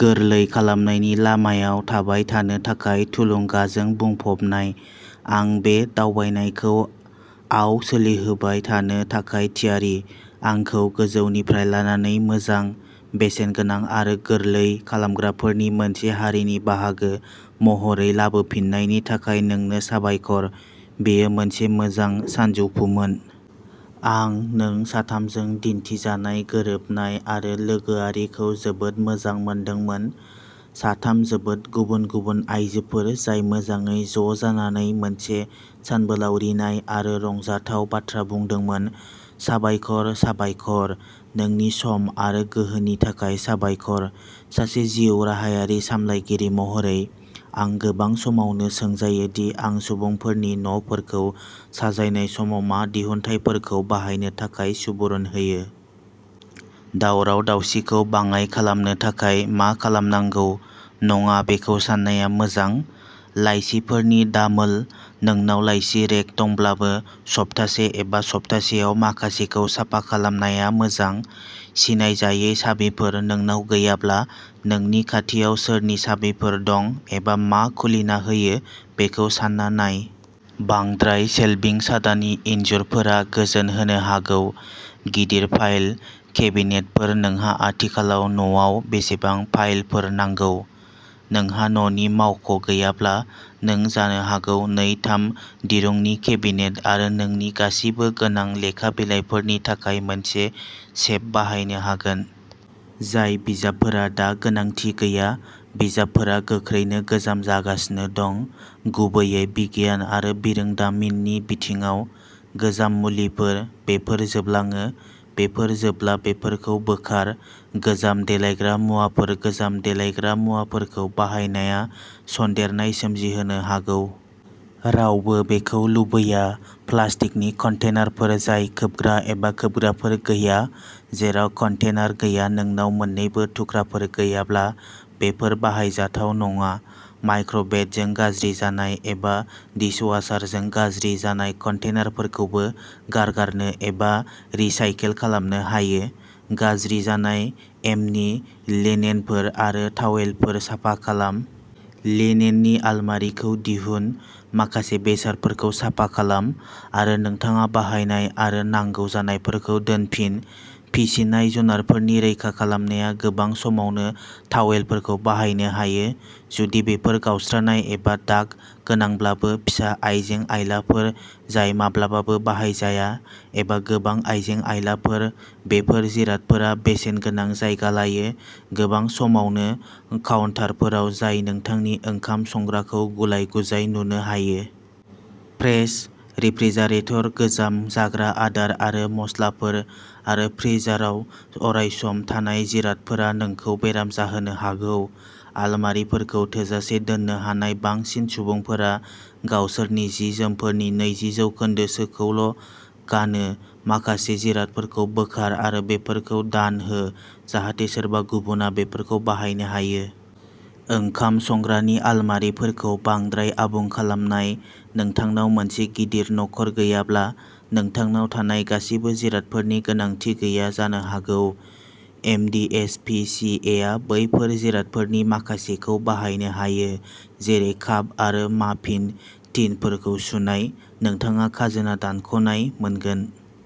गोरलै खालामनायनि लामायाव थाबाय थानो थाखाय थुलुंगाजों बुंफबनाय। आं बे दावबायनायखौ आव सोलिहोबाय थानो थाखाय थियारि। आंखौ गोजौनिफ्राय लानानै मोजां, बेसेनगोनां आरो गोरलै खालामग्राफोरनि मोनसे हारिनि बाहागो महरै लाबोफिन्नायनि थाखाय नोंनो साबायखर। बेयो मोनसे मोजां सानजौफुमोन। आं नों साथामजों दिन्थिजानाय गोरोबनाय आरो लोगोआरिखौ जोबोद मोजां मोनदोंमोन। साथाम जोबोद गुबुन-गुबुन आयजोफोर जाय मोजाङै ज' जानानै मोनसे सानबोलावरिनाय आरो रंजाथाव बाथ्रा बुंदोंमोन। साबायखर, साबायखर, नोंनि सम आरो गोहोनि थाखाय साबायखर। सासे जिउ राहायारि सामलायगिरि महरै, आं गोबां समावनो सोंजायो दि आं सुबुंफोरनि न'फोरखौ साजायनाय समाव मा दिहुनथायफोरखौ बाहायनो थाखाय सुबुरुन होयो। दावराव-दावसिखौ बाङाइ खालामनो थाखाय मा खालामनांगौ नङा बेखौ साननाया मोजां। लाइसिफोरनि दामोल नोंनाव लाइसि रेक दंब्लाबो, सप्तासे एबा सप्तासेयाव माखासेखौ साफा खालामनाया मोजां। सिनायजायै साबिफोर नोंनाव गैयाब्ला। नोंनि खाथियाव सोरनि साबिफोर दं एबा मा खुलिना होयो, बेखौ सानना नाय। बांद्राय सेल्भिं-सादानि इनजुरफोरा गोजोन होनो हागौ। गिदिर फाइल केबिनेटफोर नोंहा आथिखालाव न'आव बेसेबां फाइलफोर नांगौ? नोंहा न'नि मावख' गैयाब्ला, नों जानो हागौ नै-थाम दिरुंनि केबिनेट आरो नोंनि गासिबो गोनां लेखा बिलाइफोरनि थाखाय मोनसे सेफ बाहायनो हागोन। जाय बिजाबफोरा दा गोनांथि गैया बिजाबफोरा गोख्रैनो गोजाम जागासिनो दं, गुबैयै बिगियान आरो बिरोंदामिननि बिथिङाव। गोजाम मुलिफोर बेफोर जोबलाङो। बेफोर जोबब्ला बेफोरखौ बोखार। गोजाम देलायग्रा मुवाफोर गोजाम देलायग्रा मुवाफोरखौ बाहायनाया सन्देरनाय सोमजिहोनो हागौ। रावबो बेखौ लुबैया। प्लास्टिकनि कन्टेनारफोर जाय खोबग्रा एबा खोबग्राफोर गैया जेराव कन्टेनार गैया-नोंनाव मोन्नैबो थुख्राफोर गैयाब्ला, बेफोर बाहायजाथाव नङा। माइक्र'वेभजों गाज्रि जानाय एबा डिशवाशारजों गाज्रि जानाय कन्टेनारफोरखौबो गारगारनो एबा रिसाइकेल खालामनो हायो। गाज्रि जानाय एमनि लिनेनफोर आरो तावेलफोर साफा खालाम। लिनेननि आलमारिखौ दिहुन, माखासे बेसादफोरखौ साफा खालाम आरो नोंथाङा बाहायनाय आरो नांगौ जानायफोरखौ दोनफिन। फिसिनाय जुनारफोरनि रैखा खालामनाया गोबां समावनो टावेलफोरखौ बाहायनो हायो, जुदि बेफोर गावस्रानाय एबा दाग गोनांब्लाबो। फिसा आइजें आइलाफोर जाय माब्लाबाबो बाहायजाया एबा गोबां आइजें आइलाफोर बेफोर जिरादफोरा बेसेनगोनां जायगा लायो, गोबां समावनो काउन्टारफोराव जाय नोंथांनि ओंखाम संग्राखौ गुलाय-गुजाय नुनो हायो। पेक्ड रेफ्रिजारेटर गोजाम जाग्रा आदार आरो मसलाफोर आरो फ्रिजाराव अरायसम थानाय जिरादफोरा नोंखौ बेराम जाहोनो हागौ। आलमारिफोरखौ थोजासे दोन्नो हानाय बांसिन सुबुंफोरा गावसोरनि जि-जोमफोरनि नैजि जौखोन्दोसोखौल' गानो। माखासे जिरादफोरखौ बोखार आरो बेफोरखौ दान हो जाहाथे सोरबा गुबुनआ बेफोरखौ बाहायनो हायो। ओंखाम संग्रानि आलमारिफोरखौ बांद्राय आबुं खालामनाय नोंथांनाव मोनसे गिदिर नखर गैयाब्ला, नोंथांनाव थानाय गासिबो जिरादफोरनि गोनांथि गैया जानो हागौ। M D S P C A आ बैफोर जिरादफोरनि माखासेखौ बाहायनो हायो, जेरै काप आरो माफिन टिनफोरखौ सुनाय। नोंथाङा खाजोना दानख'नाय मोनगोन।